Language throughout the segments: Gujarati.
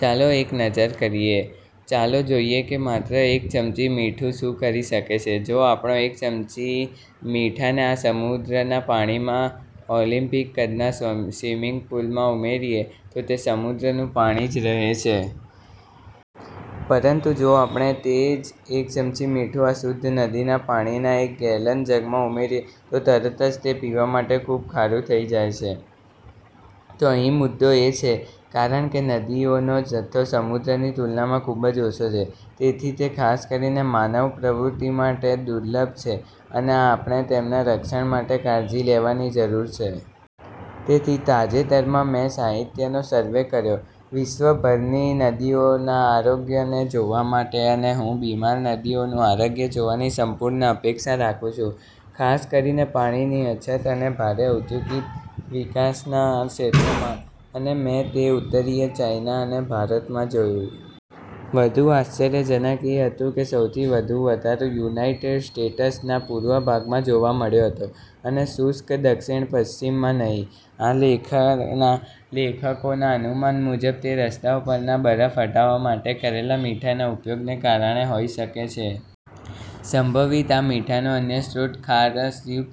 ચાલો એક નજર કરીએ. ચાલો જોઈએ કે માત્ર એક ચમચી મીઠું શું કરી શકે છે. જો આપણે એક ચમચી મીઠાને આ સમુદ્રના પાણીના ઓલિમ્પિક કદના સ્વિમિંગ પૂલમાં ઉમેરીએ, તો તે સમુદ્રનું પાણી જ રહે છે. પરંતુ જો આપણે તે જ એક ચમચી મીઠું, આ શુદ્ધ નદીના પાણીના એક ગેલન જગમાં ઉમેરીએ, તો તરત જ તે પીવા માટે ખૂબ ખારું થઈ જાય છે. તો અહીં મુદ્દો એ છે, કારણ કે નદીઓનો જથ્થો સમુદ્રની તુલનામાં ખૂબ જ ઓછો છે, તેથી તે ખાસ કરીને માનવ પ્રવૃત્તિ માટે દુર્લભ છે, અને આપણે તેમના રક્ષણ માટે કાળજી લેવાની જરૂર છે. તેથી તાજેતરમાં, મેં સાહિત્યનો સર્વે કર્યો, વિશ્વભરની નદીઓના આરોગ્યને જોવા માટે અને હું બીમાર નદીઓનું આરોગ્ય જોવાની સંપૂર્ણ અપેક્ષા રાખું છું, ખાસ કરીને, પાણીની અછત અને ભારે ઔદ્યોગિક વિકાસના ક્ષેત્રોમાં. અને મેં તે ઉત્તરીય ચાઈના અને ભારતમાં જોયું. વધુ આશ્ચર્યજનક એ હતું કે સૌથી વધુ વધારો યુનાઇટેડ સ્ટેટ્સના પૂર્વ ભાગમાં જોવા મળ્યો હતો અને શુષ્ક દક્ષિણ પશ્ચિમમાં નહીં. આ લેખના લેખકોના અનુમાન મુજબ તે રસ્તાઓ પરનાં બરફ હટાવવા માટે કરેલા મીઠાના ઉપયોગને કારણે હોઈ શકે છે. સંભવિત, આ મીઠાનો અન્ય સ્ત્રોત, ખારશયુક્ત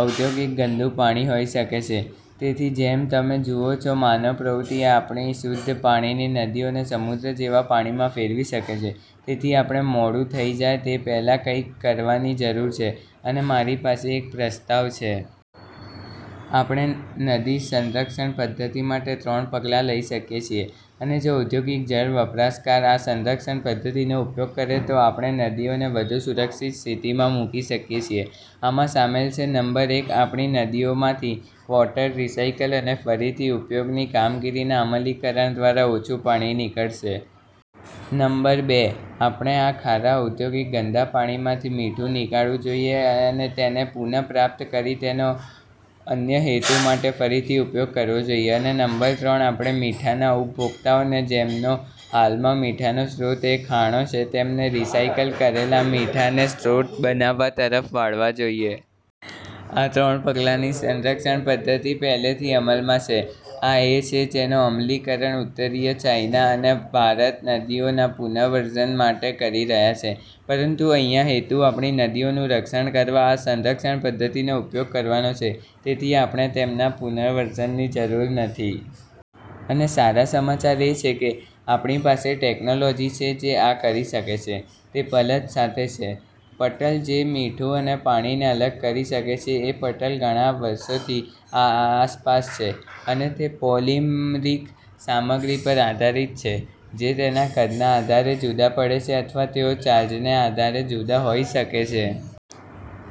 ઔદ્યોગિક ગંદુ પાણી હોઈ શકે છે. તેથી જેમ તમે જુઓ છો, માનવ પ્રવૃત્તિ આપણી શુદ્ધ પાણીની નદીઓને સમુદ્રના જેવા પાણીમાં ફેરવી શકે છે. તેથી આપણે મોડું થઈ જાય તે પહેલા કંઈક કરવાની જરૂર છે અને મારી પાસે એક પ્રસ્તાવ છે. આપણે નદી સંરક્ષણ પદ્ધતિ માટે ત્રણ પગલાં લઈ શકીએ છીએ, અને જો ઓદ્યોગિક જળ વપરાશકાર આ સંરક્ષણ પદ્ધતિનો ઉપયોગ કરે, તો આપણે નદીઓને વધુ સુરક્ષિત સ્થિતિમાં મૂકી શકીએ છીએ. આમાં શામેલ છે, નંબર એક આપણી નદીઓમાંથી, વોટર રિસાઇકલ અને ફરીથી ઉપયોગની કામગીરીના અમલીકરણ દ્વારા ઓછું પાણી નીકળશે. નંબર બે આપણે આ ખારા ઓદ્યોગિક ગંદા પાણીમાંથી મીઠું નીકાળવું જોઈએ અને તેને પુન: ર્પ્રાપ્ત કરી તેનો અન્ય હેતુ માટે ફરીથી ઉપયોગ કરવો જોઈએ. અને નંબર ત્રણ આપણે મીઠાના ઉપભોક્તાઓને, જેમનો હાલમાં મીઠાનો સ્ત્રોત એ ખાણો છે, તેમને રિસાઈકલ કરેલા મીઠાને સ્ત્રોત બનાવવા તરફ વાળવા જોઈએ. આ ત્રણ પગલાંની સંરક્ષણ પદ્ધતિ પહેલેથી અમલમાં છે. આ એ છે જેનો અમલીકરણ, ઉત્તરીય ચાઇના અને ભારત નદીઓના પુનર્વસન માટે કરી રહ્યા છે. પરંતુ અહીંયા હેતુ, આપણી નદીઓનું રક્ષણ કરવા આ સંરક્ષણ પદ્ધતિનો ઉપયોગ કરવાનો છે, તેથી આપણે તેમના પુનર્વસનની જરૂર નથી. અને સારા સમાચાર એ છે કે, આપણી પાસે ટેક્નોલોજી છે જે આ કરી શકે છે. તે પટલ સાથે છે. પટલ જે મીઠું અને પાણીને અલગ કરી શકે છે. એ પટલ ઘણા વષોથી આસપાસ છે, અને તે પોલિમરીક સામગ્રી પર આધારિત છે, જે તેના કદના આધારે જુદા પડે છે, અથવા તેઓ ચાર્જને આધારે જુદા હોઈ શકે છે.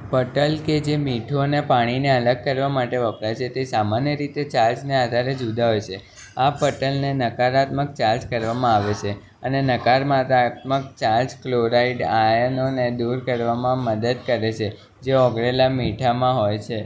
પટલ કે જે મીઠું અને પાણીને અલગ કરવા માટે વપરાય છે, તે સામાન્ય રીતે ચાર્જને આધારે જુદા હોય છે. આ પટલને નકારાત્મક ચાર્જ કરવામાં આવે છે અને નકારાત્મક ચાર્જ કલોરાઇડ આયનોને દૂર કરવામાં મદદ કરે છે, જે ઓગળેલા મીઠામાં હોય છે.